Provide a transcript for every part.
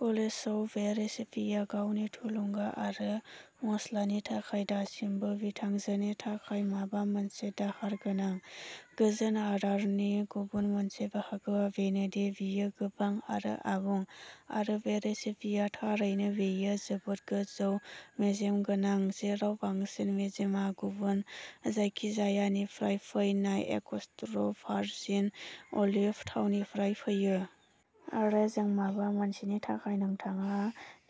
कलेजआव बे रेसिपिया गावनि थुलुंगा आरो मस्लानि थाखाय दासिमबो बिथांजोनि थाखाय माबा मोनसे दाहार गोनां। गोजोन आदारनि गुबुन मोनसे बाहागोआ बेनो दि बेयो गोबां आरो आबुं, आरो बे रेसिपिया थारैनो बेयो जोबोद गोजौ-मेजेम गोनां, जेराव बांसिन मेजेमआ गुबुन जायखिजायानिफ्राय फैनाय एक्स्ट्रा भार्जिन अलिभ थावनिफ्राय फैयो। रेजें माबा मोनसेनि थाखाय नोंथाङा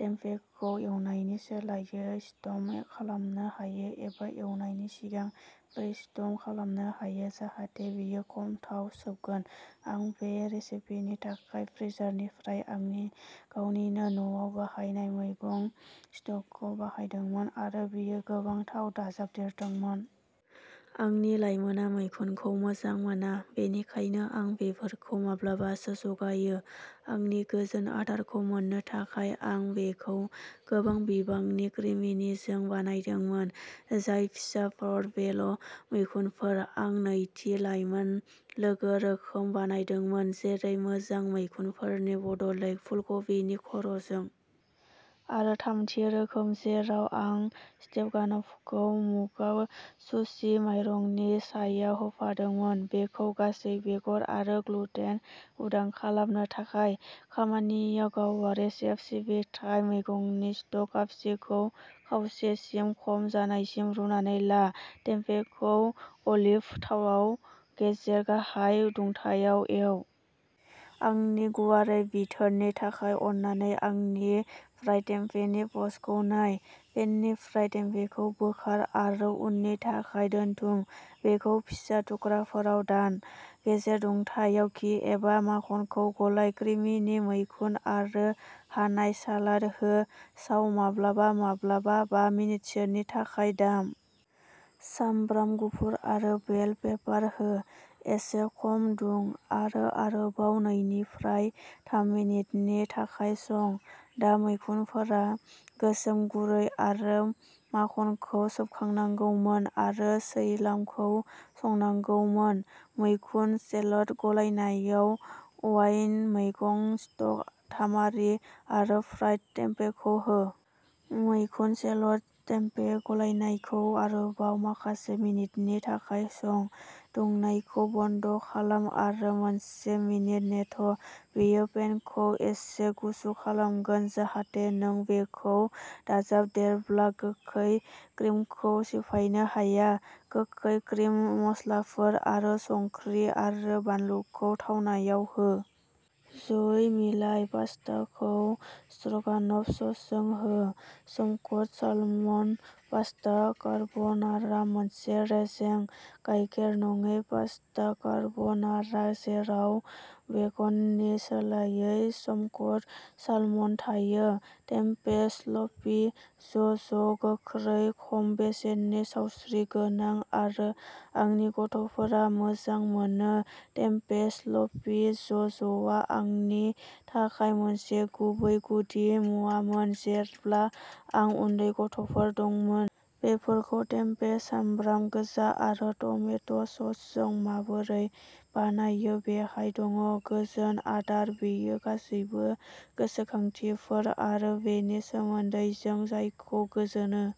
टेम्पेखौ एवनायनि सोलायै स्टिम खालामनो हायो, एबा एवनायनि सिगां प्रि-स्टिम खालामनो हायो जाहाथे बेयो खम थाव सोबगोन। आं बे रेसिपिनि थाखाय फ्रिजारनिफ्राय आंनि गावनिनो न'आव बानायनाय मैगं स्टकखौ बाहायदोंमोन आरो बेयो गोबां थाव दाजाबदेरदोंमोन। आंनि लाइमोनआ मैखुनखौ मोजां मोना, बेनिखायनो आं बेफोरखौ माब्लाबासो जगायो। आंनि गोजोन आदारखौ मोननो थाखाय, आं बेखौ गोबां बिबांनि क्रिमिनिजों बानायदोंमोन, जाय फिसा पर्ट' बेल' मैखुनफोर। आं नैथि, लाइमोन-लोगो रोखोम बानायदोंमोन, जेरै मोजां, मैखुनफोरनि बदलै फुलकबिनि खर'जों। आरो थामथि रोखोम जेराव आं स्ट्र'गान'फखौ मुगा सुशि माइरंनि सायाव होफादोंमोन, बेखौ गासै-बेगर आरो ग्लुटेन-उदां खालामनो थाखाय। खामानियाव गावारि सेफ सिबिथाइ मैगंनि स्टक कापसेखौ खावसेसिम खम जानायसिम रुनानै ला। टेम्पेखौ अलिभ थावाव गेजेर-गाहाय दुंथायाव एव। बांसिन गुवारै बिथोननि थाखाय अननानै आंनि फ्राइड टेम्पे नि पस्टखौ नाय। पेननिफ्राय टेम्पेखौ बोखार आरो उननि थाखाय दोनथुम। बेखौ फिसा थुख्राफोराव दान। गेजेर दुंथायाव घि एबा माखनखौ गलाइ। क्रिमिनि मैखुन आरो हानाय सालाद हो, साव, माब्लाबा-माब्लाबा, बा मिनिटसोनि थाखाय दाम। सामब्राम गुफुर आरो बेल पेपार हो, एसे खम दुं, आरो आरोबाव नैनिफ्राय थाम मिनिटनि थाखाय सं। दा मैखुनफोरा गोसोम गुरै आरो माखनखौ सोबखांनांगौमोन आरो सैलामखौ संनांगौमोन। मैखुन सेलट गलायनायाव अवाइन, मैगं स्टक, तामारि आरो फ्राइड टेम्पेखौ हो। मैखुन सेलट टेम्पे गलायनायखौ आरोबाव माखासे मिनिटनि थाखाय सं। दुंनायखौ बन्द खालाम आरो मोनसे मिनिट नेथ', बेयो पेनखौ एसे गुसु खालामगोन जाहाथे नों बेखौ दाजाबदेरब्ला गोखै क्रिमखौ सिफायनो हाया। गोखै क्रिम, मस्लाफोर, आरो संख्रि आरो बानलुखौ थावनायाव हो। जयै मिलाय। पास्ताखौ स्ट्र'गानफ ससजों हो। स्मक्ड सालमन पास्ता कार्ब'नारा मोनसे रेजें, गायखेर-नङि पास्ता कार्ब'नारा जेराव बेकननि सोलायै स्मक्ड सालमन थायो। टेम्पे स्लपि ज'ज गोख्रै, खम बेसेननि, सावस्रिगोनां, आरो आंनि गथ'फोरा मोजां मोनो टेम्पे स्लपि ज'जआ आंनि थाखाय मोनसे गुबै गुदि मुवामोन जेब्ला आं उन्दै गथ'फोर दंमोन। बेफोरखौ टेम्पे, सामब्राम गोजा आरो टमेट' ससजों माबोरै बानायो बेहाय दङ। गोजोन आदार बेयो गासैबो गोसोखांथिफोर आरो बेनि सोमोन्दै जों जायखौ गोजोनो।